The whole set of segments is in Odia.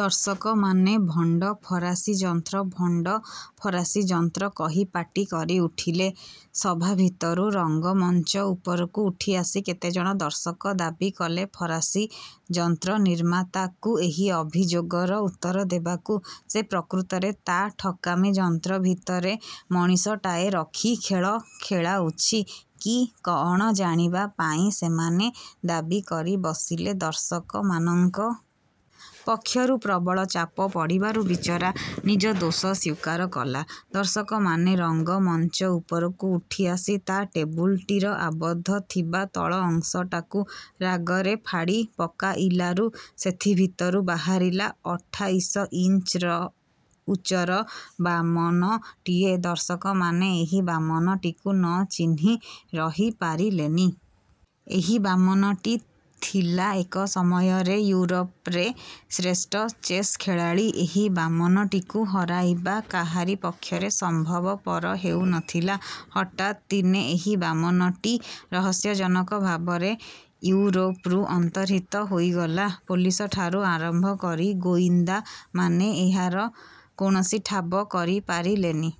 ଦର୍ଶକମାନେ ଭଣ୍ଡ ଫରାସୀ ଯନ୍ତ୍ର, ଭଣ୍ଡ ଫରାସୀ ଯନ୍ତ୍ର କହି ପାଟି କରି ଉଠିଲେ। ସଭା ଭିତରୁ ରଙ୍ଗମଞ୍ଚ ଉପରକୁ ଉଠି ଆସି କେତେଜଣ ଦର୍ଶକ ଦାବି କଲେ ଫରାସୀ ଯନ୍ତ୍ରନିର୍ମାତାକୁ ଏହି ଅଭିଯୋଗର ଉତ୍ତର ଦେବାକୁ। ସେ ପ୍ରକୃତରେ ତା ଠକାମି ଯନ୍ତ୍ର ଭିତରେ ମଣିଷଟାଏ ରଖି ଖେଳ ଖେଳାଉଛି କି କଅଣ ଜାଣିବା ପାଇଁ ସେମାନେ ଦାବି କରି ବସିଲେ। ଦର୍ଶକମାନଙ୍କ ପକ୍ଷରୁ ପ୍ରବଳ ଚାପ ପଡ଼ିବାରୁ ବିଚରା ନିଜ ଦୋଷ ସ୍ୱୀକାର କଲା। ଦର୍ଶକମାନେ ରଙ୍ଗମଞ୍ଚ ଉପରକୁ ଉଠି ଆସି ତା ଟେବୁଲଟିର ଆବଦ୍ଧ ଥିବା ତଳ ଅଂଶଟାକୁ ରାଗରେ ଫାଡ଼ି ପକାଇଲାରୁ ସେଥି ଭିତରୁ ବାହାରିଲା ଅଠାଇଶ ଇଞ୍ଚ ଉଚ୍ଚର ବାମନଟିଏ। ଦର୍ଶକମାନେ ଏହି ବାମନଟିକୁ ନ ଚିହ୍ନି ରହି ପାରିଲେନି। ଏହି ବାମନଟି ଥିଲା ଏକ ସମୟରେ ୟୁରୋପରେ ଶ୍ରେଷ୍ଠ ଚେସ୍ ଖେଳାଳୀ। ଏହି ବାମନଟିକୁ ହରାଇବା କାହାରି ପକ୍ଷରେ ସମ୍ଭବପର ହେଉ ନ ଥିଲା। ହଠାତ୍ ଦିନେ ଏହି ବାମନଟି ରହସ୍ୟଜନକ ଭାବରେ ଇଉରୋପରୁ ଅନ୍ତର୍ହିତ ହୋଇଗଲା। ପୋଲିସଠାରୁ ଆରମ୍ଭକରି ଗୋଇନ୍ଦାମାନେ ଏହାର କୌଣସି ଠାବ କରିପାରିଲେନି।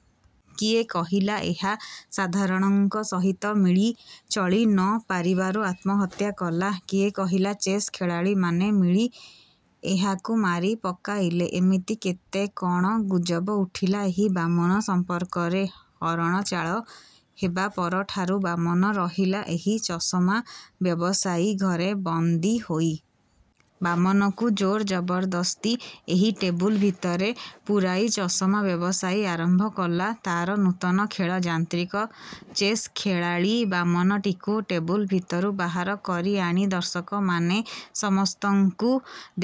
କିଏ କହିଲା, ଏହା ସାଧାରଣଙ୍କ ସହିତ ମିଳି ଚଳି ନ ପାରିବାରୁ ଆତ୍ମହତ୍ୟା କଲା। କିଏ କହିଲା, ଚେସ୍ ଖେଳାଳୀମାନେ ମିଳି ଏହାକୁ ମାରିପକାଇଲେ। ଏମିତି କେତେ କଣ ଗୁଜବ ଉଠିଲା ଏହି ବାମନ ସମ୍ପର୍କରେ। ହରଣଚାଳ ହେବା ପରଠାରୁ ବାମନ ରହିଲା ଏହି ଚଷମା ବ୍ୟବସାୟୀ ଘରେ ବନ୍ଦୀ ହୋଇ। ବାମନକୁ ଜୋର ଜବରଦସ୍ତି ଏହି ଟେବୁଲ ଭିତରେ ପୂରାଇ ଚଷମା ବ୍ୟବସାୟୀ ଆରମ୍ଭ କଲା ତା'ର ନୂତନ ଖେଳ, ଯାନ୍ତ୍ରିକ ଚେସ୍ ଖେଳାଳୀବାମନଟିକୁ ଟେବୁଲ ଭିତରୁ ବାହାର କରି ଆଣି ଦର୍ଶକମାନେ ସମସ୍ତଙ୍କୁ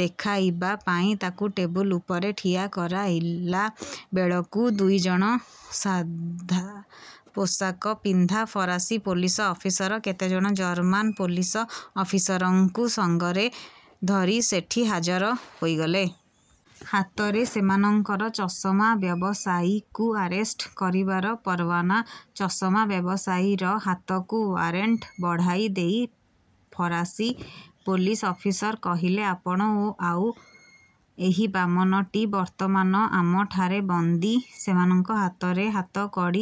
ଦେଖାଇବା ପାଇଁ ତାକୁ ଟେବୁଲ ଉପରେ ଠିଆ କରାଇଲା ବେଳକୁ ଦୁଇଜଣ ସାଦା ପୋଷାକ ପିନ୍ଧା ଫରାସୀ ପୋଲିସ ଅଫିସର କେତେଜଣ ଜର୍ମାନ୍ ପୋଲିସ ଅଫିସରଙ୍କୁ ସଙ୍ଗରେ ଧରି ସେଠି ହାଜର ହୋଇଗଲେ। ହାତରେ ସେମାନଙ୍କର ଚଷମା ବ୍ୟବସାୟୀକୁ ଆରେଷ୍ଟ କରିବାର ପରୱାନା। ଚଷମା ବ୍ୟବସାୟୀର ହାତକୁ ୱାରେଣ୍ଟ ବଢ଼ାଇ ଦେଇ ଫରାସୀ ପୋଲିସ ଅଫିସର କହିଲେ, ଆପଣ ଓ ଆଉ ଏହି ବାମନଟି ବର୍ତ୍ତମାନ ଆମ ଠାରେ ବନ୍ଦୀ ସେମାନଙ୍କ ହାତରେ ହାତକଡ଼ି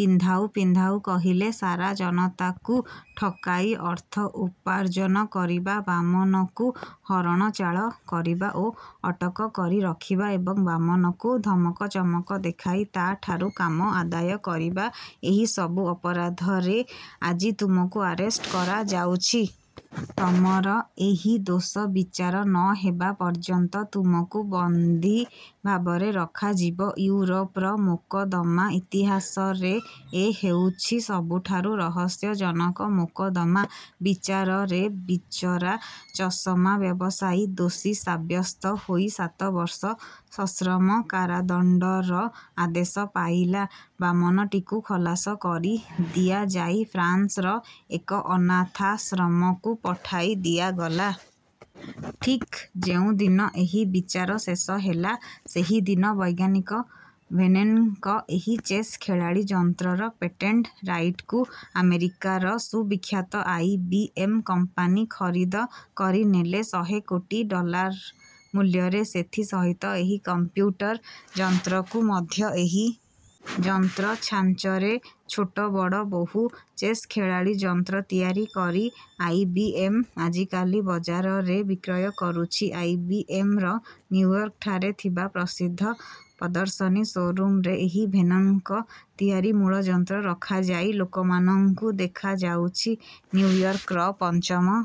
ପିନ୍ଧାଉ ପିନ୍ଧାଉ କହିଲେ, ସାରା ଜନତାକୁ ଠକାଇ ଅର୍ଥ ଉପାର୍ଜନ କରିବା, ବାମନକୁ ହରଣଚାଳ କରିବା ଓ ଅଟକ କରି ରଖିବା ଏବଂ ବାମନକୁ ଧମକ ଚମକ ଦେଖାଇ ତା'ଠାରୁ କାମ ଆଦାୟ କରିବା ଏହି ସବୁ ଅପରାଧରେ ଆଜି ତୁମକୁ ଆରେଷ୍ଟ କରାଯାଉଛି। ତମର ଏହି ଦୋଷବିଚାର ନ ହେବା ପର୍ଯ୍ୟନ୍ତ ତୁମକୁ ବନ୍ଦୀଭାବରେ ରଖାଯିବ। ଇଉରୋପର ମୋକଦ୍ଦମା ଇତିହାସରେ ଏ ହେଉଛି ସବୁଠାରୁ ରହସ୍ୟଜନକ ମୋକଦ୍ଦମା। ବିଚାରରେ ବିଚରା ଚଷମା ବ୍ୟବସାୟୀ ଦୋଷୀ ସାବ୍ୟସ୍ତ ହୋଇ ସାତ ବର୍ଷ ସଶ୍ରମ କାରାଦଣ୍ଡର ଆଦେଶ ପାଇଲା। ବାମନଟିକୁ ଖଲାସ କରି ଦିଆଯାଇ ଫ୍ରାନ୍ସର ଏକ ଅନାଥାଶ୍ରମକୁ ପଠାଇ ଦିଆଗଲା। ଠିକ୍ ଯେଉଁ ଦିନ ଏହି ବିଚାର ଶେଷ ହେଲା, ସେହି ଦିନ ବୈଜ୍ଞାନିକ ଭେର୍ନନ୍ଙ୍କ ଏହି ଚେସ୍ ଖେଳାଳୀ ଯନ୍ତ୍ରର ପେଟେଣ୍ଟ ରାଇଟକୁ ଆମେରିକାର ସୁବିଖ୍ୟାତ ଆଇ. ବି. ଏମ୍. କମ୍ପାନୀ ଖରିଦ କରିନେଲେ ଶହେ କୋଟି ଡଲାର ମୂଲ୍ୟରେ, ସେଥି ସହିତ ଏହି କଂପ୍ୟୁଟର ଯନ୍ତ୍ରକୁ ମଧ୍ୟ। ଏହି ଯନ୍ତ୍ର ଛାଞ୍ଚରେ ଛୋଟ ବଡ଼ ବହୁ ଚେସ୍ ଖେଳାଳୀ ଯନ୍ତ୍ର ତିଆରି କରି ଆଇ. ବି. ଏମ୍. ଆଜିକାଲି ବଜାରରେ ବିକ୍ରୟ କରୁଛି। ଆଇ. ବି. ଏମ୍.ର ନିଉୟର୍କ ଠାରେ ଥିବା ପ୍ରସିଦ୍ଧ ପ୍ରଦର୍ଶନୀ ଶୋ'ରୁମରେ ଏହି ଭେର୍ନନ୍ଙ୍କ ତିଆରି ମୂଳ ଯନ୍ତ୍ର ରଖାଯାଇ ଲୋକମାନଙ୍କୁ ଦେଖାଯାଉଛି। ନିଉୟର୍କର ପଞ୍ଚମ